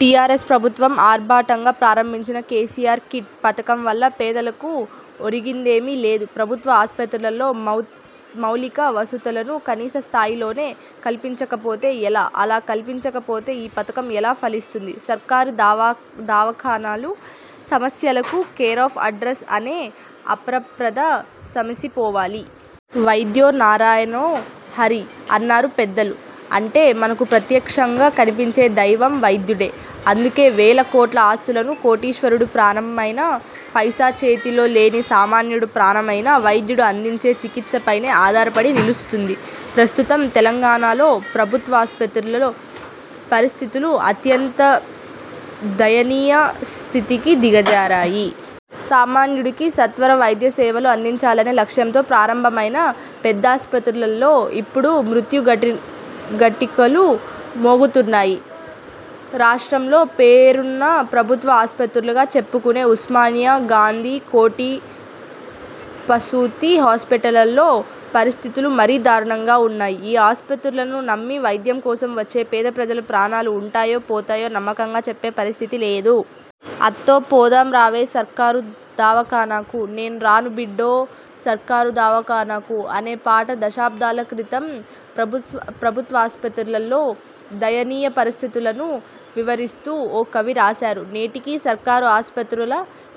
TRS ప్రభుత్వం ఆర్భాటంగా ప్రారంభించిన 'కేసీఆర్ కిట్' పథకం వల్ల పేదలకు ఒరిగిందేమీ లేదు. ప్రభుత్వ ఆస్పత్రులలో మౌత్ మౌలిక వసతులను కనీస స్థాయిలోనే కల్పించకపోతే ఎలా? అలా కల్పించకపోతే ఈ పథకం ఎలా ఫలిస్తుంది? సర్కారీ దావాఖానాలు సమస్యలకు కేరాఫ్ అడ్రస్ అనే అప్ అపప్రథ సమసిపోవాలి. వైద్యో నారాయణో హరి' అన్నారు పెద్దలు. అంటే మనకు ప్రత్యక్షంగా కనిపించే దైవం వైద్యుడే. అందుకే వేల కోట్ల ఆస్తులున్న కోటీశ్వరుడి ప్రాణమైనా. పైసా చేతిలో లేని సామాన్యుడి ప్రాణమైనా వైద్యుడు అందించే చికిత్సపైనే ఆధారపడి నిలుస్తుంది. ప్రస్తుతం తెలంగాణలో ప్రభుత్వాసుపత్రుల్లో పరిస్థితులు అత్యంత దయనీయ స్థితికి దిగజారాయి. సామాన్యుడికి సత్వర వైద్యసేవలు అందించాలనే లక్ష్యంతో ప్రారంభమైన పెద్దాసుపత్రుల్లో ఇప్పుడు మృతు మృత్యు ఘంటికలు మోగుతున్నాయి. రాష్ట్రంలో పేరున్న ప్రభుత్వ ఆస్పత్రులుగా చెప్పుకునే ఉస్మానియా, గాంధీ, కోఠి పసూతి హాస్పిటల్స్లో పరిస్థితులు మరీ దారుణంగా ఉన్నాయి. ఈ ఆస్పత్రులను నమ్మి వైద్యం కోసం వచ్చే పేదప్రజల ప్రాణాలు ఉంటాయో పోతాయో నమ్మకంగా చెప్పే పరిస్థితి లేదు. ''అత్తో పోదాం రావే సర్కారు దవాఖానాకు నేను రాను బిడ్డో సర్కారు దవాఖానాకు'' అనే పాట దశాబ్దాల క్రితం ప్రభు ప్రభుత్వాసుపత్రుల్లో దయనీయ పరిస్థితులను వివరిస్తూ ఓ కవి రాశారు. నేటికీ సర్కారు ఆస్పత్రుల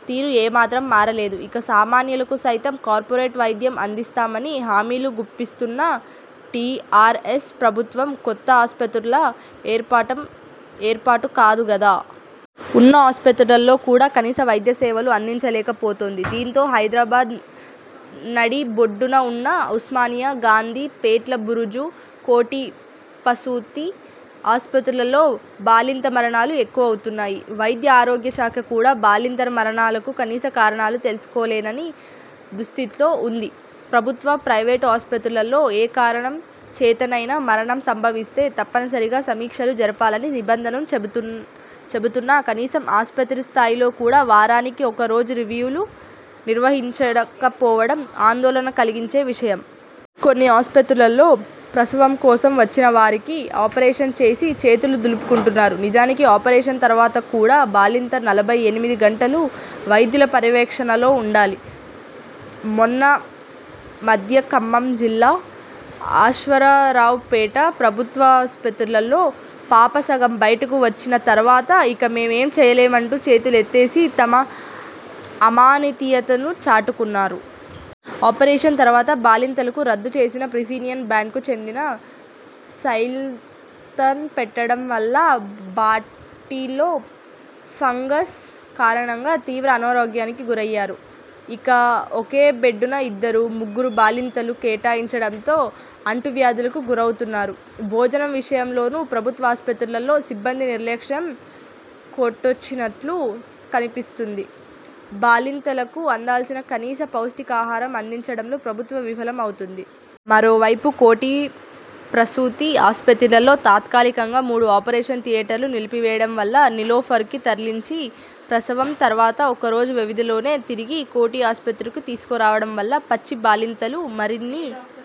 తీరు ఏమాత్రం మారలేదు. ఇక సామాన్యులకు సైతం కార్పొరేట్ వైద్యం అందిస్తామని హామీలు గుప్పిస్తున్న టీఆర్ఎస్ ప్రభుత్వం కొత్త ఆస్పత్రుల ఏర్పటం ఏర్పాటు కాదు గదా. ఉన్న ఆస్పత్రుల్లో కూడా కనీస వైద్య సేవలు అందించలేకపోతోంది. దీంతో హైదరాబాద్ నడిబొడ్డున ఉన్న ఉస్మానియా, గాంధీ, పేట్ల బురుజు, కోఠి ప్రసూతి ఆస్పత్రుల్లో బాలింత మరణాలు ఎక్కువవుతున్నాయి. వైద్య ఆరోగ్యశాఖ కూడా బాలింతల మరణాలకు కనీస కారణాలు తెలుసుకోలేని దుస్థితిలో ఉంది. ప్రభుత్వ, ప్రైవేటు ఆస్పత్రుల్లో ఏ కారణం చేతనైనా మరణం సంభవిస్తే తప్పనిసరిగా సమీక్షలు జరపాలని నిబంధనలుచెబుతు చెబుతున్నాకనీసం ఆస్పత్రి స్థాయిలో కూడా వారానికి ఒక రోజు రివ్యూలు నిర్వహించకపోవడం ఆందోళన కలిగించే విషయం. కొన్ని ఆస్పత్రుల్లో ప్రసవం కోసం వచ్చినవారికి ఆపరేషన్ చేసి చేతులు దులుపుకుంటున్నారు. నిజానికి ఆపరేషన్ తర్వాత కూడా బాలింత నలభై ఎనిమిది గంటలు వైద్యుల పర్యవేక్షణలో ఉండాలి. మొన్నామధ్య ఖమ్మం జిల్లా అశ్వారావుపేట ప్రభుత్వాసుపత్రిలో పాప సగం బైటకు వచ్చిన తర్వాత ఇక మేము ఏం చేయలేమంటూ చేతులెత్తేసి తమ అమానవీయతను చాటుకున్నారు. ఆపరేషన్ తర్వాత బాలింతలకు రద్దుచేసిన ప్రిసీనియన్ బ్రాండ్కు చెందిన సెలైన్ పెట్టడం వల్ల బాటిల్లో ఫంగస్ కారణంగా తీవ్ర అనారోగ్యానికి గురయ్యారు. ఇక ఒకే బెడ్ను ఇద్దరు, ముగ్గురు బాలింతలను కేటాయించడంతో అంటువ్యాధులకు గురౌతున్నారు. భోజనం విషయంలోనూ ప్రభుత్వాసుపత్రుల్లో సిబ్బంది నిర్లక్ష్యం కొట్టొచ్చినట్లు కనిపిస్తున్నది. బాలింతలకు అందాల్సిన కనీస పౌష్టికాహారం అందించడంలో ప్రభుత్వం విఫలం అవుతుంది. మరోవైపు కోఠి ప్రసూతి ఆస్పత్రిలో తాత్కాలికంగా మూడు ఆపరేషన్ థియేటర్లు నిలిపివేయడం వల్ల నీలోఫర్కి తరలించి ప్రసవం తర్వాత ఒక్కరోజు వ్వవధిలోనే తిరిగి కోఠి ఆస్పత్రికి తీసుకురావడం వల్ల పచ్చి బాలింతలు మరిన్ని